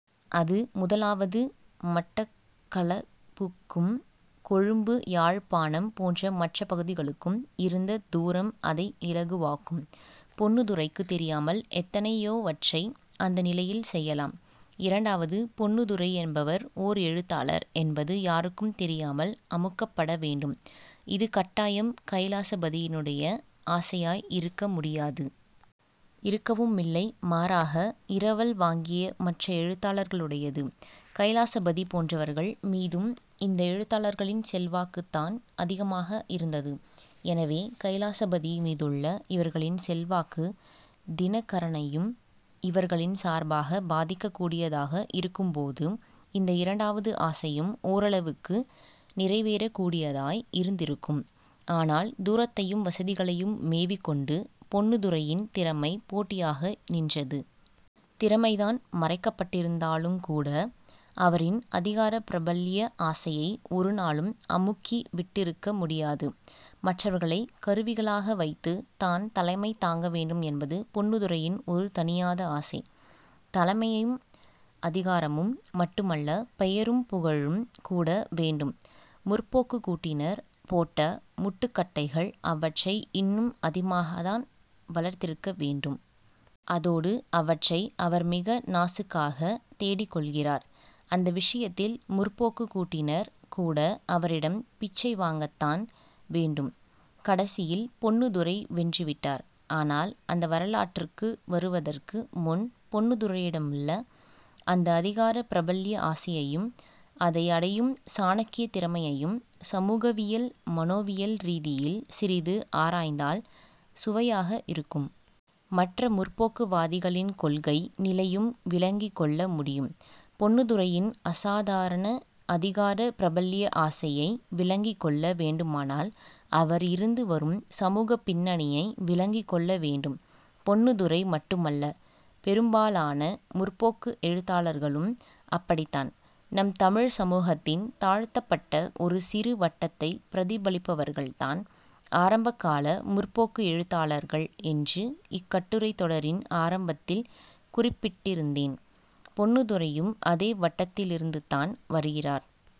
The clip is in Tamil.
அது முதலாவது. மட்டக்களப்புக்கும் கொழும்பு யாழ்ப்பாணம் போன்ற மற்ற பகுதிகளுக்கும் இருந்த தூரம் அதை இலகுவாக்கும். பொன்னுத்துரைக்குத் தெரியாமல் எத்தனையோவற்றை அந்த நிலையில் செய்யலாம். இரண்டாவது, பொன்னுத்துரை என்பவர் ஓர் எழுத்தாளர் என்பது யாருக்கும் தெரியாமல் அமுக்கப்பட வேண்டும். இது கட்டாயம் கைலாசபதியினுடைய ஆசையாய் இருக்க முடியாது. இருக்கவுமில்லை. மாறாக, இரவல் வாங்கிய மற்ற எழுத்தாளர்களுடையது. கைலாசபதி போன்றவர்கள் மீதும் இந்த எழுத்தாளர்களின் செல்வாக்குத்தான் அதிகமாக இருந்தது. எனவே கைலாசபதி மீதுள்ள இவர்களின் செல்வாக்கு 'தினகரனை'யும் இவர்களின் சார்பாகப் பாதிக்கக் கூடியதாக இருக்கும்போது இந்த இரண்டாவது ஆசையும் ஓரளவுக்கு நிறைவேறக் கூடியதாய் இருந்திருக்கும். ஆனால் தூரத்தையும் வசதிகளையும் மேவிக்கொண்டு பொன்னுத்துரையின் திறமை போட்டியாக நின்றது. திறமைதான் மறைக்கப்பட்டிருந்தாலுங்கூட அவரின் அதிகார பிரபல்ய ஆசையை ஒரு நாளும் அமுக்கிவிட்டிருக்க முடியாது. மற்றவர்களைக் கருவிகளாக வைத்துத் தான் தலைமை தாங்க வேண்டும் என்பது பொன்னுத்துரையின் ஒரு தணியாத ஆசை. தலைமையும் அதிகாரமும் மட்டுமல்ல பெயரும் புகழும் கூட வேண்டும். 'முற்போக்கு'க் கூட்டினர் போட்ட முட்டுக்கட்டைகள் அவற்றை இன்னும் அதிகமாகத்தான் வளர்த்திருக்க வேண்டும். அதோடு அவற்றை அவர் மிக நாசூக்காகத் தேடிக்கொள்கிறார். அந்த விஷயத்தில் 'முற்போக்கு'க் கூட்டினர் கூட அவரிடம் பிச்சை வாங்கத்தான் வேண்டும். கடைசியில் பொன்னுத்துரை வென்றுவிட்டார். ஆனால் அந்த வரலாற்றுக்கு வருவதற்கு முன் பொன்னுத்துரையிடமுள்ள அந்த அதிகார பிரபல்ய ஆசையையும் அதை அடையும் சாணக்கியத் திறமையையும் சமூகவியல், மனோவியல் ரீதியில் சிறிது ஆராய்ந்தால் சுவையாக இருக்கும். மற்ற 'முற்போக்கு' வாதிகளின் கொள்கை நிலையும் விளங்கிக் கொள்ள முடியும். பொன்னுத்துரையின் அசாதாரண அதிகார பிரபல்ய ஆசையை விளங்கிக்கொள்ள வேண்டுமானால் அவர் இருந்து வரும் சமூகப் பின்னணியை விளங்கிக்கொள்ள வேண்டும். பொன்னுத்துரை மட்டுமல்ல பெரும்பாலான 'முற்போக்கு' எழுத்தாளர்களும் அப்படித்தான். நம் தமிழ்ச் சமூகத்தின் தாழ்த்தப்பட்ட ஒரு சிறு வட்டத்தைப் பிரதிபலிப்பவர்கள்தான் ஆரம்பகால 'முற்போக்கு' எழுத்தாளர்கள் என்று இக்கட்டுரைத் தொடரின் ஆரம்பத்தில் குறிப்பிட்டிருந்தேன் பொன்னுத்துரையும் அதே வட்டத்திலிருந்துதான் வருகிறார்.